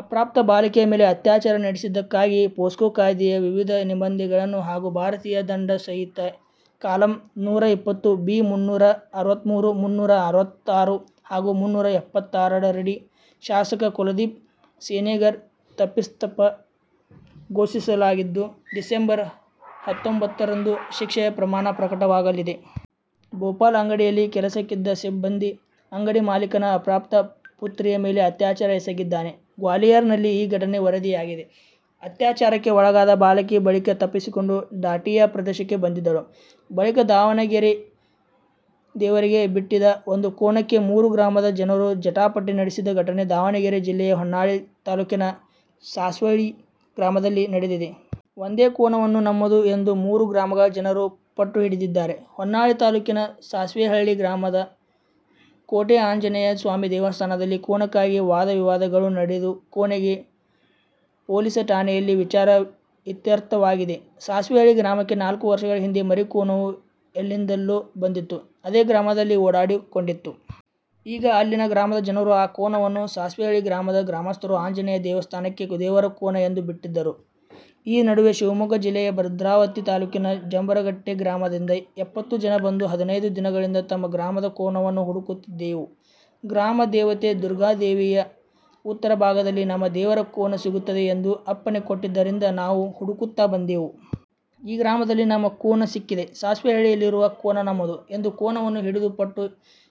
ಅಪ್ರಾಪ್ತ ಬಾಲಕಿಯ ಮೇಲೆ ಅತ್ಯಾಚಾರ ನಡೆಸಿದ್ದಕ್ಕಾಗಿ ಪೋಸ್ಕೋ ಕಾಯ್ದೆಯ ವಿವಿಧ ನಿಬಂಧನೆಗಳು ಹಾಗೂ ಭಾರತೀಯ ದಂಡ ಸಂಹಿತೆ ಕಾಲಂ ನೂರ ಇಪ್ಪತ್ತು ಬಿ. ಮುನ್ನೂರ ಅರವತ್ಮೂರು, ಮುನ್ನೂರ ಅರವತ್ತಾರು ಹಾಗೂ ಮುನ್ನೂರ ಎಪ್ಪತ್ತಾರರಡಿ ಶಾಸಕ ಕುಲದೀಪ್ ಸೆನೆಗರ್ ತಪ್ಪಿತಸ್ಥ ಘೋಷಿಸಲಾಗಿದ್ದು, ಡಿಸಂಬರ್ ಹತ್ತೊಂಬತ್ತರಂದು ಶಿಕ್ಷೆಯ ಪ್ರಮಾಣ ಪ್ರಕಟವಾಗಲಿದೆ. ಭೋಪಾಲ್: ಅಂಗಡಿಯಲ್ಲಿ ಕೆಲಸಕ್ಕಿದ್ದ ಸಿಬ್ಬಂದಿ ಅಂಗಡಿ ಮಾಲೀಕನ ಅಪ್ರಾಪ್ತ ಪುತ್ರಿಯ ಮೇಲೆ ಅತ್ಯಾಚಾರ ಎಸಗಿದ್ದಾನೆ. ಗ್ವಾಲಿಯರ್ ನಲ್ಲಿ ಈ ಘಟನೆ ವರದಿಯಾಗಿದೆ. ಅತ್ಯಾಚಾರಕ್ಕೆ ಒಳಗಾದ ಬಾಲಕಿ ಬಳಿಕ ತಪ್ಪಿಸಿಕೊಂಡು ಡಾಟಿಯಾ ಪ್ರದೇಶಕ್ಕೆ ಬಂದಿದ್ದಳು. ಬಳಿಕದಾವಣಗೆರೆ: ದೇವರಿಗೆ ಬಿಟ್ಟಿದ್ದ ಒಂದು ಕೋಣಕ್ಕೆ ಮೂರು ಗ್ರಾಮದ ಜನರು ಜಟಾಪಟಿ ನಡೆಸಿದ ಘಟನೆ ದಾವಣಗೆರೆ ಜಿಲ್ಲೆಯ ಹೊನ್ನಾಳಿ ತಾಲೂಕಿನ ಸಾಸ್ವಿಹಳ್ಳಿ ಗ್ರಾಮದಲ್ಲಿ ನಡೆದಿದೆ. ಒಂದೇ ಕೋಣವನ್ನು ನಮ್ಮದು ಎಂದು ಮೂರು ಗ್ರಾಮಗಳ ಜನರು ಪಟ್ಟುಹಿಡಿದಿದ್ದಾರೆ. ಹೊನ್ನಾಳಿ ತಾಲ್ಲೂಕಿನ ಸಾಸ್ವೆಹಳ್ಳಿ ಗ್ರಾಮದ ಕೋಟೆ ಆಂಜನೇಯ ಸ್ವಾಮಿ ದೇವಸ್ಥಾನದಲ್ಲಿ ಕೋಣಕ್ಕಾಗಿ ವಾದವಿವಾದಗಳು ನಡೆದು ಕೊನೆಗೆ ಪೊಲೀಸ್ ಠಾಣೆಯಲ್ಲಿ ವಿಚಾರ ಇತ್ಯರ್ಥವಾಗಿದೆ. ಸಾಸ್ವೆಹಳ್ಳಿ ಗ್ರಾಮಕ್ಕೆ ನಾಲ್ಕು ವರ್ಷಗಳ ಹಿಂದೆ ಮರಿಕೋಣವು ಎಲ್ಲಿಂದಲೋ ಬಂದಿತ್ತು. ಅದೇ ಗ್ರಾಮದಲ್ಲಿ ಓಡಾಡಿಕೊಂಡಿತ್ತು. ಈಗ ಅಲ್ಲಿನ ಗ್ರಾಮದ ಜನರು ಆ ಕೋಣವನ್ನು ಸಾಸ್ವೇಹಳ್ಳಿ ಗ್ರಾಮದ ಗ್ರಾಮಸ್ಥರು ಆಂಜನೇಯ ದೇವಸ್ಥಾನಕ್ಕೆ ದೇವರ ಕೋಣ ಎಂದು ಬಿಟ್ಟದ್ದರು. ಈ ನಡುವೆ ಶಿವಮೊಗ್ಗ ಜಿಲ್ಲೆಯ ಭದ್ರಾವತಿ ತಾಲ್ಲೂಕಿನ ಜಂಬರಗಟ್ಟೆ ಗ್ರಾಮದಿಂದ ಎಪ್ಪತ್ತು ಜನ ಬಂದು, ಹದಿನೈದು ದಿನಗಳಿಂದ ತಮ್ಮ ಗ್ರಾಮದ ಕೋಣವನ್ನು ಹುಡುಕುತ್ತಿದ್ದೆವು. ಗ್ರಾಮ ದೇವತೆ ದುರ್ಗಾದೇವಿಯು ಉತ್ತರ ಭಾಗದಲ್ಲಿ ನಮ್ಮ ದೇವರ ಕೋಣ ಸಿಗುತ್ತದೆ ಎಂದು ಅಪ್ಪಣೆ ಕೊಟ್ಟಿದ್ದರಿಂದ ನಾವು ಹುಡುಕುತ್ತ ಬಂದೆವು. ಈ ಗ್ರಾಮದಲ್ಲಿ ನಮ್ಮ ಕೋಣ ಸಿಕ್ಕಿದೆ. ಸಾಸ್ವೆಹಳ್ಳಿಯಲ್ಲಿರುವ ಕೋಣ ನಮ್ಮದು ಎಂದು ಕೋಣವನ್ನು ಹಿಡಿದು ಪಟ್ಟು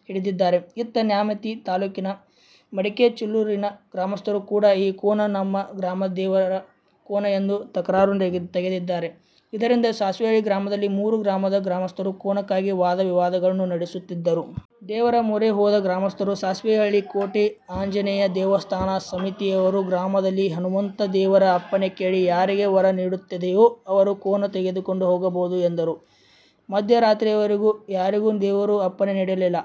ಹಿಡಿದಿದ್ದಾರೆ. ಇತ್ತ ನ್ಯಾಮತಿ ತಾಲ್ಲೂಕಿನ ಮಡಿಕೆ ಚೀಲೂರಿನ ಗ್ರಾಮಸ್ಥರು ಕೂಡ ಈ ಕೋಣ ನಮ್ಮ ಗ್ರಾಮದ ದೇವರ ಕೋಣ ಎಂದು ತಕರಾರು ತೆಗೆದಿದ್ದಾರೆ. ಇದರಿಂದ ಸಾಸ್ವೆಹಳ್ಳಿ ಗ್ರಾಮದಲ್ಲಿ ಮೂರು ಗ್ರಾಮದ ಗ್ರಾಮಸ್ಥರು ಕೋಣಕ್ಕಾಗಿ ವಾದ ವಿವಾದಗಳನ್ನು ನಡೆಸುತ್ತಿದ್ದರು. ದೇವರ ಮೊರೆ ಹೋದ ಗ್ರಾಮಸ್ಥರು: ಸಾಸ್ವೆಹಳ್ಳಿ ಕೋಟೆ ಆಂಜನೇಯ ದೇವಸ್ಥಾನ ಸಮಿತಿಯವರು ಗ್ರಾಮದಲ್ಲಿ ಹನುಮಂತ ದೇವರ ಅಪ್ಪಣೆ ಕೇಳಿ ಯಾರಿಗೆ ವರ ನೀಡುತ್ತದೆಯೋ ಅವರು ಕೋಣ ತೆಗೆದುಕೊಂಡು ಹೋಗಬಹುದು ಎಂದರು. ಮಧ್ಯರಾತ್ರಿಯವರೆಗೂ ಯಾರಿಗೂ ದೇವರು ಅಪ್ಪಣೆ ನೀಡಲಿಲ್ಲ.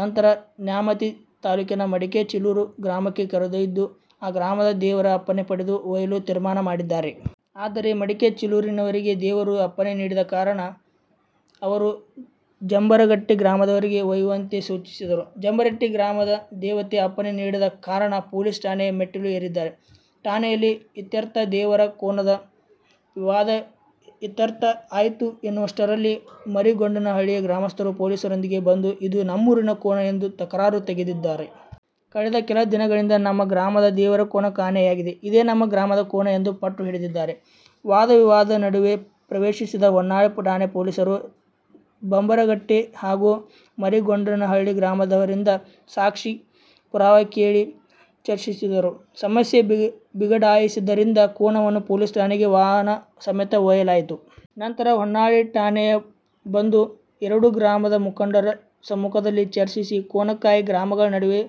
ನಂತರ ನ್ಯಾಮತಿ ತಾಲೂಕಿನ ಮಡಿಕೆ ಚೀಲೂರು ಗ್ರಾಮಕ್ಕೆ ಕರೆದೊಯ್ದಿದ್ದು, ಆ ಗ್ರಾಮದ ದೇವರ ಅಪ್ಪಣೆ ಪಡೆದು ಒಯ್ಯಲು ತೀರ್ಮಾನ ಮಾಡಿದ್ದಾರೆ. ಆದರೆ ಮಡಿಕೆ ಚೀಲೂರಿನವರಿಗೆ ದೇವರು ಅಪ್ಪಣೆ ನೀಡದ ಕಾರಣ ಅವರು ಜಂಬರಗಟ್ಟೆ ಗ್ರಾಮದವರಿಗೆ ಒಯ್ಯುವಂತೆ ಸೂಚಿಸಿದರು. ಜಂಬರಗಟ್ಟೆ ಗ್ರಾಮದ ದೇವತೆ ಅಪ್ಪಣೆ ನೀಡಿದ ಕಾರಣ ಪೊಲೀಸ್ ಠಾಣೆಯ ಮೆಟ್ಟಿಲು ಏರಿದ್ದಾರೆ. ಠಾಣೆಯಲ್ಲಿ ಇತ್ಯರ್ಥ: ದೇವರ ಕೋಣದ ವಿವಾದ ಇತ್ಯರ್ಥ ಆಯ್ತು ಎನ್ನುವಷ್ಟರಲ್ಲಿ ಮರಿಗೊಂಡನಹಳ್ಳಿಯ ಗ್ರಾಮಸ್ಥರು ಪೊಲೀಸರೊಂದಿಗೆ ಬಂದು, ಇದು ನಮ್ಮೂರಿನ ಕೋಣ ಎಂದು ತಕರಾರು ತೆಗೆದಿದ್ದಾರೆ. ಕಳೆದ ಕೆಲ ದಿನಗಳಿಂದ ನಮ್ಮ ಗ್ರಾಮದ ದೇವರ ಕೋಣ ಕಾಣೆಯಾಗಿದೆ. ಇದೇ ನಮ್ಮ ಗ್ರಾಮದ ಕೋಣ ಎಂದು ಪಟ್ಟು ಹಿಡಿದಿದ್ದಾರೆ. ವಾದ ವಿವಾದದ ನಡುವೆ ಪ್ರವೇಶಿದ ಹೊನ್ನಾಳಿ ಠಾಣೆ ಪೊಲೀಸರು ಬಂಜರಗಟ್ಟೆ ಹಾಗೂ ಮರಿಗೊಂಡನಹಳ್ಳಿ ಗ್ರಾಮದವರಿಂದ ಸಾಕ್ಷಿ, ಪುರಾವೆ ಕೇಳಿ ಚರ್ಚಿಸಿದರು. ಸಮಸ್ಯೆ ಬಿಗಡಾಯಿಸಿದ್ದರಿಂದ ಕೋಣವನ್ನು ಪೊಲೀಸ್ ಠಾಣೆಗೆ ವಾಹನ ಸಮೇತ ಒಯ್ಯಲಾಯಿತು. ನಂತರ ಹೊನ್ನಾಳಿ ಠಾಣೆಯ ಬಂದು, ಎರಡೂ ಗ್ರಾಮಗಳ ಮುಖಂಡರ ಸಮ್ಮುಖದಲ್ಲಿ ಚರ್ಚಿಸಿ, ಕೋಣಕ್ಕಾಗಿ ಗ್ರಾಮಗಳ ನಡುವೆ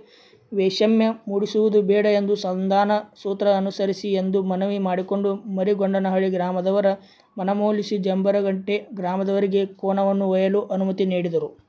ವೈಷಮ್ಯ ಮೂಡಿಸುವುದು ಬೇಡ ಎಂದು ಸಂಧಾನ ಸೂತ್ರ ಅನುಸರಿಸಿ ಎಂದು ಮನವಿ ಮಾಡಿಕೊಂಡು, ಮರಿಗೊಂಡನಹಳ್ಳಿ ಗ್ರಾಮದವರ ಮನವೊಲಿಸಿ ಜಂಬರಗಟ್ಟೆ ಗ್ರಾಮದವರಿಗೆ ಕೋಣವನ್ನು ಒಯ್ಯಲು ಅನುಮತಿ ನೀಡಿದರು.